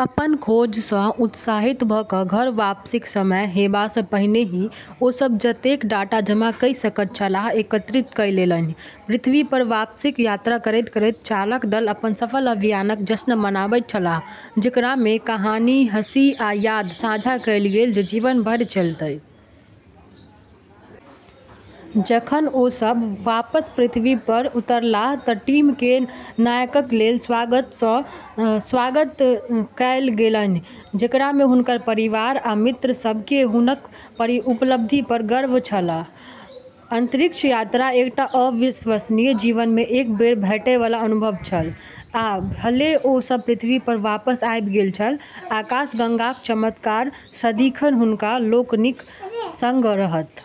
अपन खोजसँ उत्साहित भऽ कऽ घर वापसीक समय हेबासँ पहिने ही ओ सभ जतेक डाटा जमा कइ सकैत छलाह, एकत्रित कइ लेलन्हि। पृथ्वीपर वापसीक यात्रा करैत-करैत चालक दल अपन सफल अभियानक जश्न मनाबैत छलाह, जेकरामे कहानी, हँसी, आ याद साझा कएल गेल जे जीवन भरि चलतै। जखन ओ सभ वापस पृथ्वीपर उतरलाह तँ टीमकेँ नायकक लेक स्वागतसँ स्वागत कएल गेलन्हि, जेकरामे हुनक परिवार आ मित्र सभकेँ हुनक उपलब्धिपर गर्व छल। अंतरिक्ष यात्रा एकटा अविश्वसनीय, जीवनमे एक बेर भेटैबाला अनुभव छल, आ भले ओ सभ पृथ्वीपर वापस आबि गेल छल, आकाशगंगाक चमत्कार सदिखन हुनका लोकनिक संग रहत।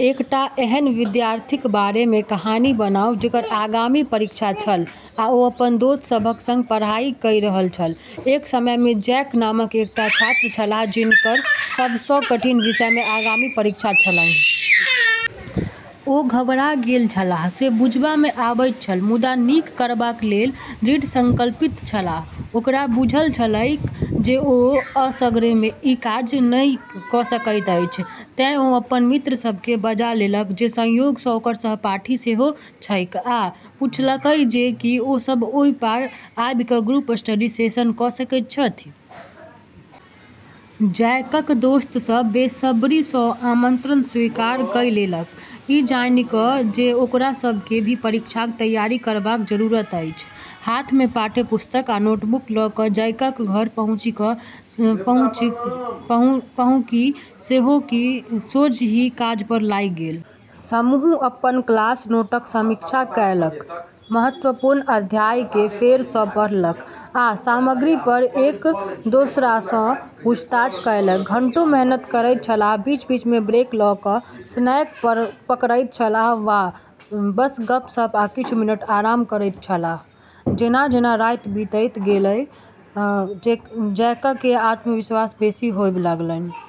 एकटा एहन विद्यार्थीक बारेमे कहानी बनाउ जेकर आगामी परीक्षा छल आ ओ अपन दोस्त सभक संग पढ़ाई कइ रहल छल। एक समयमे जैक नामक एकटा छात्र छलाह जिनकर सबसँ कठिन विषयमे आगामी परीक्षा छलन्हि। ओ घबरा गेल छलाह से बुझबामे आवैत छल, मुदा नीक करबाकलेल दृढ़ संकल्पित छलाह। ओकरा बुझल छलैक जे ओ असगरे ई काज नहि कऽ सकैत अछि, तें ओ अपन मित्र सभकेँ बजा लेलक, जे संयोगसँ ओकर सहपाठी सेहो छैक, आ पुछलकै जे की ओ सभ ओही पार आबि कऽ ग्रुप स्टडी सेशन कऽ सकैत छथि। जैकक दोस्त सभ बेसब्रीसँ आमंत्रण स्वीकार कइ लेलक, ई जानि कऽ जे ओकरा सभकेँ भी परीक्षाक तैयारी करबाक जरूरत अछि। हाथमे पाठ्यपुस्तक आ नोटबुक लऽ कऽ जैकक घर पहुँकि सोझहि काजपर लागि गेल। समूह अपन क्लास नोटक समीक्षा कएलक, महत्वपूर्ण अध्यायकेँ फेरसँ पढ़लक आ सामग्रीपर एक दोस्रासँ पूछताछ कएलक। घंटों मेहनत करैत छलाह, बीच-बीचमे ब्रेक लऽ कऽ स्नैक पकड़ैत छलाह वा बस गप्प-सप्प आ किछु मिनट आराम करैत छलाह। जेना-जेना राति बीतैत गेलै, जैककेँ आत्मविश्वास बेसी होबए लगलनि।